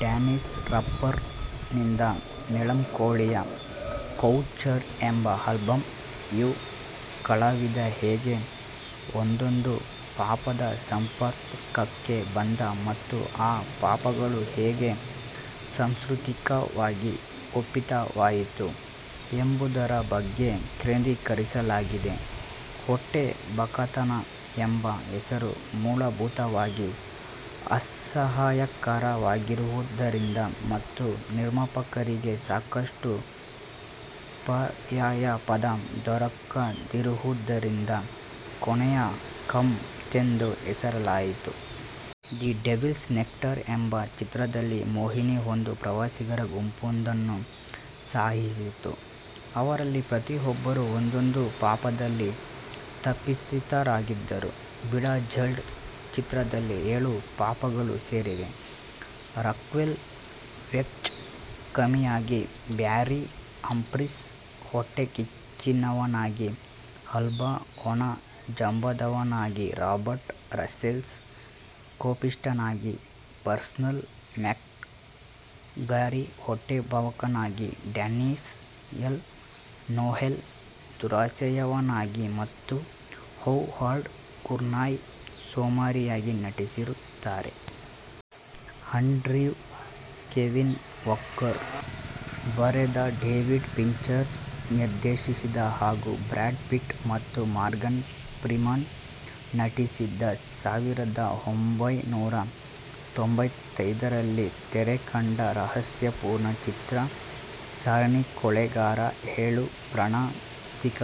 Danish rapper ನಿಂದ Melancholia / couture ಎಂಬ album... ಯು ಕಲಾವಿದ ಹೇಗೆ ಒಂದೊಂದು ಪಾಪದ ಸಂಪರ್ಕಕ್ಕೆ ಬಂದ ಮತ್ತು ಆ ಪಾಪಗಳು ಹೇಗೆ ಸಾಂಸ್ಕ್ರತಿಕವಾಗಿ ಒಪ್ಪಿತವಾಯಿತು ಎಂಬುದರ ಬಗ್ಗೆ ಕೇಂದ್ರೀಕರಿಸಲಾಗಿದೆ. ಹೊಟ್ಟೆಬಾಕತನ ಎಂಬ ಹೆಸರು ಮೂಲಭೂತವಾಗಿ ಅಸಹ್ಯಕರವಾಗಿರುವುದರಿಂದ ಮತ್ತು ನಿರ್ಮಾಪಕರಿಗೆ ಸಾಕಷ್ಟು ಪರ್ಯಾಯ ಪದ ದೊರಕದಿರುವುದರಿಂದ ಕೊನೆಯ ಕಂತೆಂದು ಹೆಸರಿಸಲಾಯಿತು. ದಿ ಡೆವಿಲ್ಸ್ ನೈಟ್ಮೇರ್ ಎಂಬ ಚಿತ್ರದಲ್ಲಿ ಮೋಹಿನಿಯೊಂದು ಪ್ರವಾಸಿಗರ ಗುಂಪೊಂದನ್ನು ಸಾಯಿಸಿತು ಅವರಲ್ಲಿ ಪ್ರತಿಯೊಬ್ಬರೂ ಒಂದೊಂದು ಪಾಪದಲ್ಲಿ ತಪಿತಸ್ಥರಾಗಿದ್ದರು. ಬಿಡಾಜಲ್ಡ್ ಚಿತ್ರದಲ್ಲಿ ಏಳು ಪಾಪಗಳೂ ಸೇರಿವೆ; ರಾಕ್ವೆಲ್ ವೆಲ್ಚ್ ಕಾಮಿಯಾಗಿ, ಬ್ಯಾರ್ರಿ ಹಂಫ್ರೀಸ್ ಹೊಟ್ಟೆಕಿಚ್ಚಿನವನಾಗಿ, ಆಲ್ಬಾ ಒಣಜಂಬದವನಾಗಿ, ರಾಬರ್ಟ್ ರಸ್ಸೆಲ್ ಕೋಪಿಷ್ಟನಾಗಿ, ಪಾರ್ನೆಲ್ಲ್ ಮ್ಯಾಕ್ಗ್ಯಾರಿ ಹೊಟ್ಟೆಬಾಕನಾಗಿ, ಡ್ಯಾನೀಯಲ್ ನೋಯೆಲ್ ದುರಾಶೆಯವನಾಗಿ ಮತ್ತು ಹೌವಾರ್ಡ್ ಗೂರ್ನಿಯ್ ಸೋಮಾರಿಯಾಗಿ ನಟಿಸಿರುತ್ತಾರೆ. ಆಂಡ್ರಿವ್ ಕೆವಿನ್ ವಾಕರ್ ಬರೆದ, ಡೇವಿಡ್ ಫಿಂಚರ್ ನಿರ್ದೇಶಿಸಿದ ಹಾಗೂ ಬ್ರಾಡ್ ಪಿಟ್ ಮತ್ತು ಮಾರ್ಗನ್ ಫ್ರೀಮನ್ ನಟಿಸಿದ, ಸಾವಿರದ ಒಂಭೈನೂರ ತೊಂಬತ್ತೈದರಲ್ಲಿ ತೆರೆಕಂಡ ರಹಸ್ಯಪೂರ್ಣ ಚಿತ್ರ ಸರಣಿ ಕೊಲೆಗಾರ ಏಳು ಪ್ರಾಣಾಂತಿಕ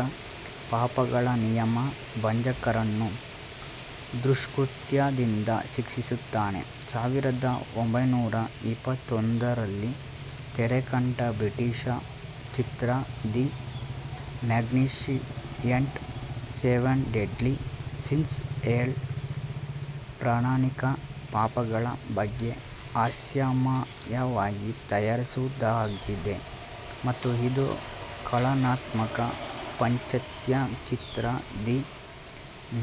ಪಾಪಗಳ ನಿಯಮ ಭಂಜಕರನ್ನು ದುಷ್ಕೃತ್ಯದಿಂದ ಶಿಕ್ಷಿಸುತ್ತಾನೆ. ಸಾವಿರದ ಒಂಭೈನೂರ ಎಪ್ಪತ್ತೊಂದರಲ್ಲಿ ತೆರೆಕಂಡ ಬ್ರಿಟಿಷ ಚಿತ್ರ the magnificent seven deadly sins ಏಳು ಪ್ರಾಣಾಂತಿಕ ಪಾಪಗಳ ಬಗ್ಗೆ ಹಾಸ್ಯಮಯವಾಗಿ ತಯಾರಿಸಿರುವುದಾಗಿದೆ ಮತ್ತು ಇದು ಕಲಾತ್ಮಕ ಪಾಶ್ಚಾತ್ಯ ಚಿತ್ರ ದಿ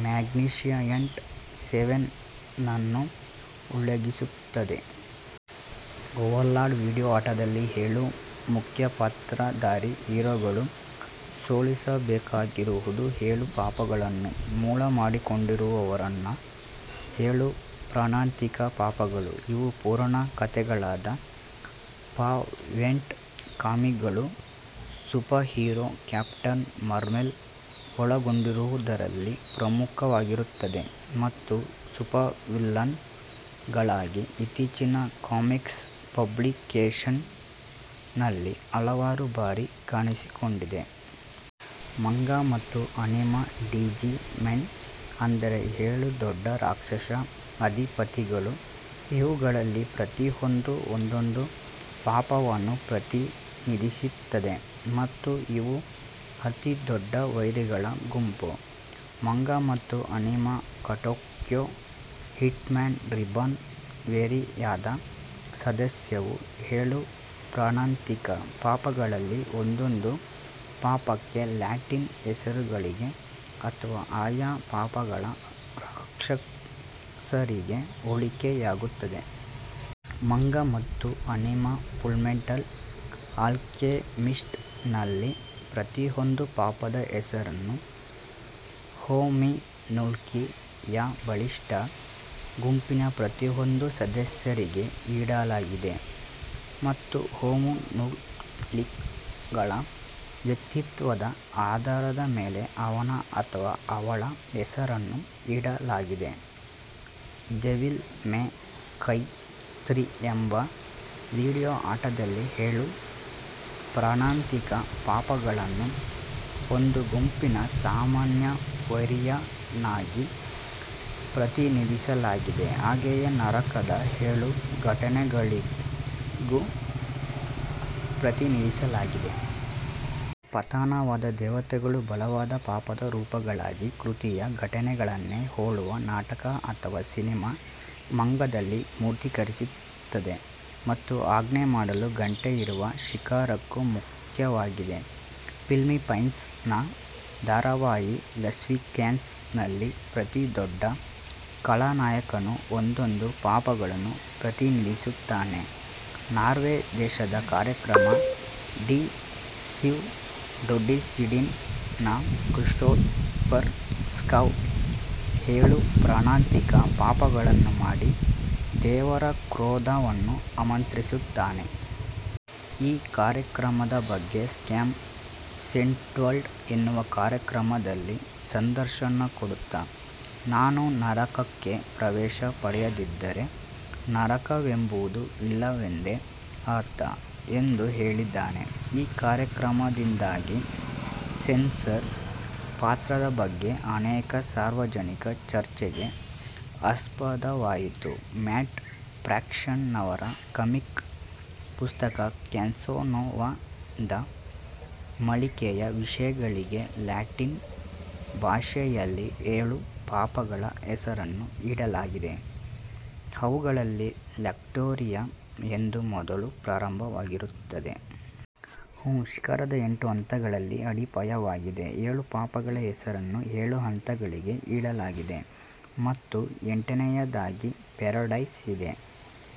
ಮ್ಯಾಗ್ನೀಫಿಷಿಯಂಟ್ ಸೆವೆನ್ ನನ್ನು ಉಲ್ಲೇಖಿಸುತ್ತದೆ. ಓವರ್ಲಾರ್ಡ್ ವೀಡಿಯೋ ಆಟದಲ್ಲಿ, ಏಳು ಮುಖ್ಯಪಾತ್ರದಾರಿ ಹೀರೋಗಳು ಸೋಲಿಸಬೇಕಾಗಿರುವುದು ಏಳು ಪಾಪಗಳನ್ನು ಮೂಲ ಮಾಡಿಕೊಂಡಿರುವವರನ್ನ. ಏಳು ಪ್ರಾಣಾಂತಿಕ ಪಾಪಗಳು, ಇವು ಪುರಾಣ ಕಥೆಗಳಾದ ಫಾವ್ಸೆಟ್/ ಕಾಮಿಕ್ಗಳು ಸೂಪರ್ಹೀರೋ ಕ್ಯಾಪ್ಟನ್ ಮಾರ್ವೆಲ್ ಒಳಗೊಂಡಿರುವುದರಲ್ಲಿ ಪ್ರಾಮುಖ್ಯವಾಗಿರುತ್ತದೆ ಮತ್ತು ಸೂಪರ್ವಿಲ್ಲನ್ ಗಳಾಗಿ ಇತ್ತೀಚಿನ ಕಾಮಿಕ್ಸ್ ಪಬ್ಲಿಕೇಷನ್ಸ್ ನಲ್ಲಿ ಹಲವಾರು ಬಾರಿ ಕಾಣಿಸಿಕೊಂಡಿದೆ. ಮಂಗಾ ಮತ್ತು ಅನೀಮ್ನ ಡಿಜಿಮೊನ್ ಅಂದರೆ ಏಳು ದೊಡ್ಡ ರಾಕ್ಷಸ ಅಧಿಪತಿಗಳು, ಇವುಗಳಲ್ಲಿ ಪ್ರತಿಯೊಂದೂ ಒಂದೊಂದು ಪಾಪವನ್ನು ಪ್ರತಿನಿಧಿಸುತ್ತದೆ, ಮತ್ತು ಇವು ಅತಿ ದೊಡ್ಡ ವೈರಿಗಳ ಗುಂಪು. ಮಂಗಾ ಮತ್ತು ಅನೀಮ್ನ ಕಟೇಕ್ಯೋ ಹಿಟ್ಮ್ಯಾನ್ ರೀಬಾರ್ನ್, ವೇರಿಯಾದ ಸದಸ್ಯವು, ಏಳು ಪ್ರಾಣಾಂತಿಕ ಪಾಪಗಳಲ್ಲಿ ಒಂದೊಂದು ಪಾಪಕ್ಕೆ, ಲ್ಯಾಟಿನ್ ಹೆಸರುಗಳಿಗೆ ಅಥವಾ ಆಯಾ ಪಾಪಗಳ ರಾಕ್ಷಸರಿಗೆ ಹೋಲಿಕೆಯಾಗುತ್ತದೆ. ಮಂಗಾ ಮತ್ತು ಅನೀಮ್ನ ಫುಲ್ಮೆಟಲ್ ಆಲ್ಕೆಮಿಸ್ಟ್ ನಲ್ಲಿ ಪ್ರತಿಯೊಂದು ಪಾಪದ ಹೆಸರನ್ನು "ಹೋಮೂನ್ಕೂಲಿ" ಯ ಬಲಿಷ್ಟ ಗುಂಪಿನ ಪ್ರತಿಯೊಂದು ಸದಸ್ಯರಿಗೆ ಇಡಲಾಗಿದೆ ಮತ್ತು ಹೋಮೂನ್ಕೂಲಿಗಳ ವ್ಯಕ್ತಿತ್ವದ ಆಧಾರದ ಮೇಲೆ ಅವನ ಅಥವಾ ಅವಳ ಹೆಸರನ್ನು ಇಡಲಾಗಿದೆ. ದೆವಿಲ್ ಮೇ ಕ್ರೈ ತ್ರೀ ಎಂಬ ವೀಡಿಯೋ ಆಟದಲ್ಲಿ, ಏಳು ಪ್ರಾಣಾಂತಿಕ ಪಾಪಗಳನ್ನು ಒಂದು ಗುಂಪಿನ ಸಾಮಾನ್ಯ ವೈರಿಯನ್ನಾಗಿ ಪ್ರತಿನಿಧಿಸಲಾಗಿದೆ ಹಾಗೆಯೇ ನರಕದ ಏಳು ಘಟನೆಗಳಿಗೂ ಪ್ರತಿನಿಧಿಸಲಾಗಿದೆ. ಪತನವಾದ ದೇವತೆಗಳು ಬಲವಾದ ಪಾಪದ ರೂಪಗಳಾಗಿ ಕೃತಿಯ ಘಟನೆಗಳನ್ನೇ ಹೋಲುವ ನಾಟಕ ಅಥವಾ ಸಿನಿಮಾ ಮಂಗಾದಲ್ಲಿ ಮೂರ್ತಿಕರಿಸಿರುತ್ತದೆ ಮತ್ತು ಆಜ್ಞೆ ಮಾಡಲು ಘಂಟೆ ಇರುವ ಶಿಖರಕ್ಕೂ ಮುಖ್ಯವಾಗಿದೆ. ಫಿಲ್ಲೀಪೈನ್ಸ್ ನ ಧಾರಾವಾಹಿ ಲಸ್ಟಿಕ್ಮ್ಯಾನ್ ನಲ್ಲಿ ಪ್ರತಿ ದೊಡ್ಡ ಖಳನಾಯಕನೂ ಒಂದೊಂದು ಪಾಪಗಳನ್ನು ಪ್ರತಿನಿಧಿಸುತ್ತಾನೆ. ನಾರ್ವೇ ದೇಶದ ಕಾರ್ಯಕ್ರಮ ಡಿ ಸಿವ್ ಡೋಡಿಸಿಂಡೀನ್ ನ ಕ್ರಿಸ್ಟೋಫರ್ ಸ್ಕಾವ್ ಏಳು ಪ್ರಾಣಾಂತಿಕ ಪಾಪಗಳನ್ನು ಮಾಡಿ ದೇವರ ಕ್ರೋಧವನ್ನು ಆಮಂತ್ರಿಸಿಸುತ್ತಾನೆ. ಈ ಕಾರ್ಯಕ್ರಮದ ಬಗ್ಗೆ ಸ್ಕಾವ್, ಸೆಂಕ್ವೆಲ್ಡ್ ಎನ್ನುವ ಕಾರ್ಯಕ್ರಮದಲ್ಲಿ ಸಂದರ್ಶನ ಕೊಡುತ್ತ, "ನಾನು ನರಕಕ್ಕೆ ಪ್ರವೇಶ ಪಡೆಯದಿದ್ದರೆ ನರಕವೆಂಬುದು ಇಲ್ಲವೆಂದೇ ಅರ್ಥ" ಎಂದು ಹೇಳಿದ್ದಾನೆ. ಈ ಕಾರ್ಯಕ್ರಮದಿಂದಾಗಿ ಸೆನ್ಸಾರ್ ಪಾತ್ರದ ಬಗ್ಗೆ ಅನೇಕ ಸಾರ್ವಜನಿಕ ಚರ್ಚೆಗೆ ಆಸ್ಪದವಾಯಿತು. ಮ್ಯಾಟ್ ಫ್ರ್ಯಾಕ್ಷನ್ ನವರ ಕಾಮಿಕ್ ಪುಸ್ತಕ ಕ್ಯಾಸನೋವ ದ ಮಾಲಿಕೆಯ ವಿಷಯಗಳಿಗೆ ಲ್ಯಾಟಿನ್ ಭಾಷೆಯಲ್ಲಿ ಏಳು ಪಾಪಗಳ ಹೆಸರನ್ನು ಇಡಲಾಗಿದೆ ಅವುಗಳಲ್ಲಿ ಲಕ್ಟೊರಿಯಾ ಎಂದು ಮೊದಲು ಪ್ರಾರಂಭವಾಗಿರುತ್ತದೆ.: ವೂ ಶಿಖರದ ಎಂಟು ಹಂತಗಳಲ್ಲಿ ಅಡಿಪಾಯವಾಗಿದೆ, ಏಳು ಪಾಪಗಳ ಹೆಸರನ್ನು ಏಳು ಹಂತಗಳಿಗೆ ಇಡಲಾಗಿದೆ ಮತ್ತು ಎಂಟನೆಯದಾಗಿ ಪ್ಯಾರಡೈಸ್ ಇದೆ.